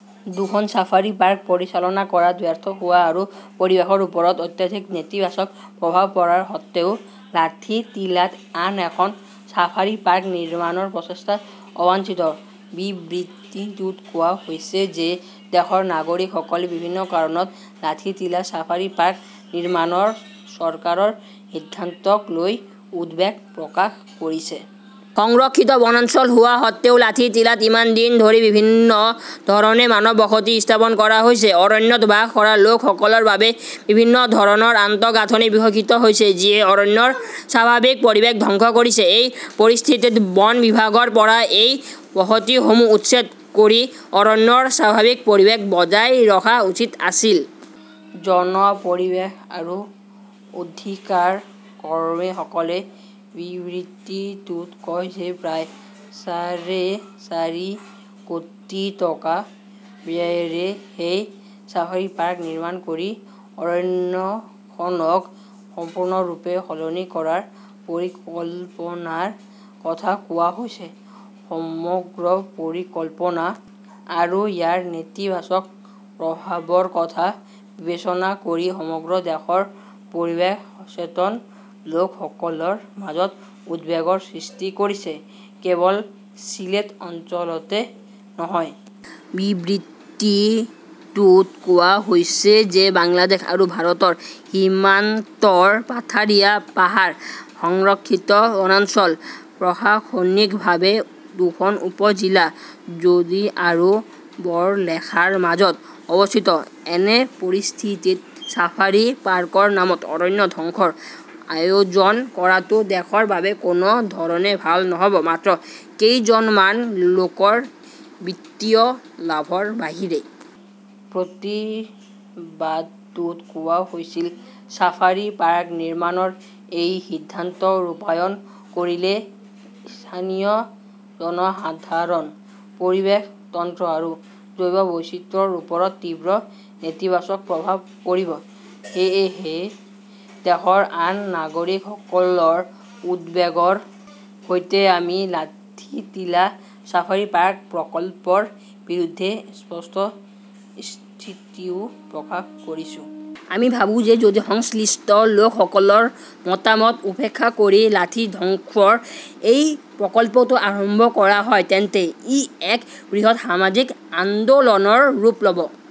দুখন safari park পৰিচালনা কৰাত ব্যৰ্থ হোৱা আৰু পৰিৱেশৰ ওপৰত অত্যধিক নেতিবাচক প্ৰভাৱ পৰাৰ সত্ত্বেও লাঠিটিলাত আন এখন ছাফাৰী পাৰ্ক নিৰ্মাণৰ প্ৰচেষ্টা অবাঞ্ছিত। বিবৃতিটোত কোৱা হৈছে যে দেশৰ নাগৰিকসকলে বিভিন্ন কাৰণত লাঠিটিলা ছাফাৰী পাৰ্ক নিৰ্মাণৰ চৰকাৰৰ সিদ্ধান্তক লৈ উদ্বেগ প্ৰকাশ কৰিছে। সংৰক্ষিত বনাঞ্চল হোৱা সত্ত্বেও, লাঠিটিলাত ইমান দিন ধৰি বিভিন্ন ধৰণে মানৱ বসতি স্থাপন কৰা হৈছে। অৰণ্যত বাস কৰা লোকসকলৰ বাবে বিভিন্ন ধৰণৰ আন্তঃগাঁথনি বিকশিত হৈছে, যিয়ে অৰণ্যৰ স্বাভাৱিক পৰিৱেশ ধ্বংস কৰিছে। এই পৰিস্থিতিত বন বিভাগৰ পৰা এই বসতিসমূহ উচ্ছেদ কৰি অৰণ্যৰ স্বাভাৱিক পৰিৱেশ বজাই ৰখা উচিত আছিল। জন পৰিৱেশ আৰু অধিকাৰ কৰ্মীসকলে বিবৃতিটোত কয় যে প্ৰায় চাৰে চাৰি কোটি টকা ব্যয়েৰে সেই ছাফাৰী পাৰ্ক নিৰ্মাণ কৰি অৰণ্যখনক সম্পূৰ্ণৰূপে সলনি কৰাৰ পৰিকল্পনাৰ কথা কোৱা হৈছে। সমগ্ৰ পৰিকল্পনা আৰু ইয়াৰ নেতিবাচক প্ৰভাৱৰ কথা বিবেচনা কৰি সমগ্ৰ দেশৰ পৰিৱেশ সচেতন লোকসকলৰ মাজত উদ্বেগৰ সৃষ্টি কৰিছে, কেৱল ছিলেট অঞ্চলতে নহয়। বিবৃতিটোত কোৱা হৈছে যে বাংলাদেশ আৰু ভাৰতৰ সীমান্তৰ পাথাৰিয়া পাহাৰ সংৰক্ষিত বনাঞ্চল প্ৰশাসনিকভাৱে দুখন উপ-জিলা জোডি আৰু বৰলেখাৰ মাজত অৱস্থিত। এনে পৰিস্থিতিত ছাফাৰী পাৰ্কৰ নামত অৰণ্য ধ্বংসৰ আয়োজন কৰাটো দেশৰ বাবে কোনো ধৰণে ভাল নহ'ব, মাত্ৰ কেইজনমান লোকৰ বিত্তীয় লাভৰ বাহিৰে। প্ৰতিবাদটোত কোৱা হৈছিল, "ছাফাৰী পাৰ্ক নিৰ্মাণৰ এই সিদ্ধান্ত ৰূপায়ণ কৰিলে স্থানীয় জনসাধাৰণ, পৰিৱেশ তন্ত্ৰ আৰু জৈৱ বৈচিত্ৰ্যৰ ওপৰত তীব্ৰ নেতিবাচক প্ৰভাৱ পৰিব। সেয়েহে দেশৰ আন নাগৰিকসকলৰ উদ্বেগৰ সৈতে, আমি লাঠিটিলা ছাফাৰী পাৰ্ক প্ৰকল্পৰ বিৰুদ্ধে স্পষ্ট স্থিতিও প্ৰকাশ কৰিছোঁ। আমি ভাবোঁ যে যদি সংশ্লিষ্ট লোকসকলৰ মতামত উপেক্ষা কৰি লাঠি ধ্বংসৰ এই প্ৰকল্পটো আৰম্ভ কৰা হয় তেন্তে ই এক বৃহৎ সামাজিক আন্দোলনৰ ৰূপ ল'ব।"